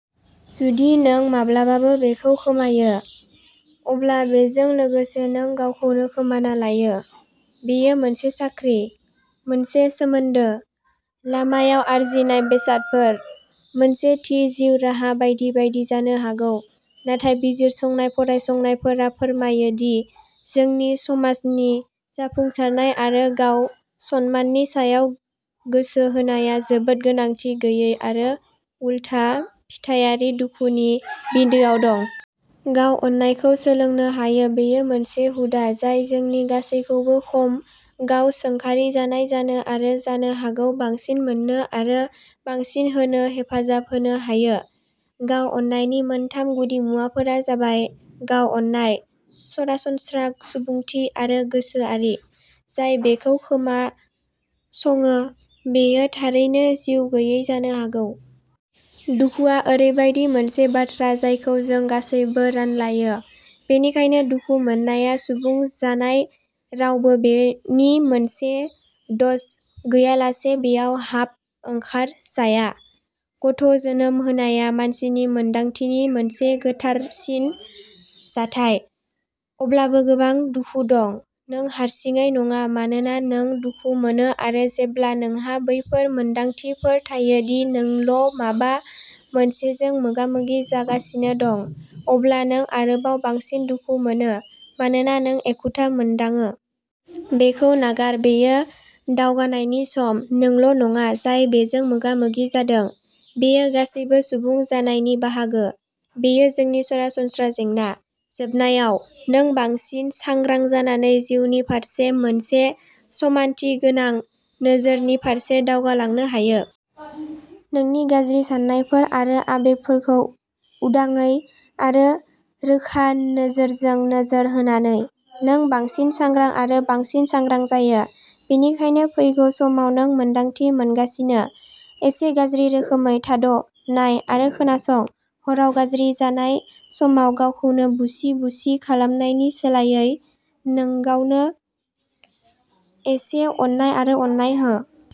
जुदि नों माब्लाबाबो बेखौ खोमायो, अब्ला बेजों लोगोसे नों गावखौनो खोमाना लायो। बेयो मोनसे साख्रि, मोनसे सोमोन्दो, लामायाव आरजिनाय बेसादफोर, मोनसे थि जिउ राहा बायदि बायदि जानो हागौ। नाथाय बिजिरसंनाय फरायसंनायफोरा फोरमायो दि जोंनि समाजनि जाफुंसारनाय आरो गाव-सनमाननि सायाव गोसो होनाया जोबोद गोनांथि गैयै आरो उलथा-फिथायारि दुखुनि बिन्दोआव दं। गाव-अननायखौ सोलोंनो हायो। बेयो मोनसे हुदा जाय जोंनि गासैखौबो खम गाव-सोंखारिजानाय जानो आरो जानो हागौ बांसिन मोननो आरो बांसिन होनो हेफाजाब होनो हायो। गाव-अननायनि मोनथाम गुदिमुवाफोरा जाबायः गाव-अननाय, सरासनस्रा सुबुंथि आरो गोसोआरि। जाय बेखौ खोनासङो, बियो थारैनो जिउगैयै जानो हागौ। दुखुआ ओरैबायदि मोनसे बाथ्रा जायखौ जों गासैबो रानलायो, बेनिखायनो दुखु मोननाया सुबुं जानाय-रावबो बेनि मोनसे द'ज गैयालासे बेयाव हाब-ओंखार जाया। गथ'जोनोम होनाया मानसिनि मोनदांथिनि मोनसे गोथारसिन जाथाय, अब्लाबो गोबां दुखु दं। नों हारसिङै नङा मानोना नों दुखु मोनो आरो जेब्ला नोंहा बैफोर मोनदांथिफोर थायो दि नोंल'माबा मोनसेजों मोगा-मोगि जागासिनो दं, अब्ला नों आरोबाव बांसिन दुखु मोनो मानोना नों एखुथा मोनदाङो। बेखौ नागार। बेयो दावगानायनि सम। नोंल'नङा जाय बेजों मोगा-मोगि जादों। बेयो गासैबो सुबुं जानायनि बाहागो। बेयो जोंनि सरासनस्रा जेंना। जोबनायाव, नों बांसिन सांग्रां जानानै जिउनि फारसे मोनसे समानथि गोनां नोजोरनि फारसे दावगालांनो हायो। नोंनि गाज्रि साननायफोर आरो आबेगफोरखौ उदाङै आरो रोखा नोजोरजों नोजोर होनानै, नों बांसिन सांग्रां आरो बांसिन सांग्रां जायो। बेनिखायनो फैगौ समाव नों मोन्दांथि मोनगासिनो। एसे गाज्रि रोखोमै, थाद ', नाय, आरो खोनासं। हराव गाज्रि जानाय समाव गावखौनो बुसि-बुसि खालामनायनि सोलायै, नोंगावनो एसे अननाय आरो अननाय हो।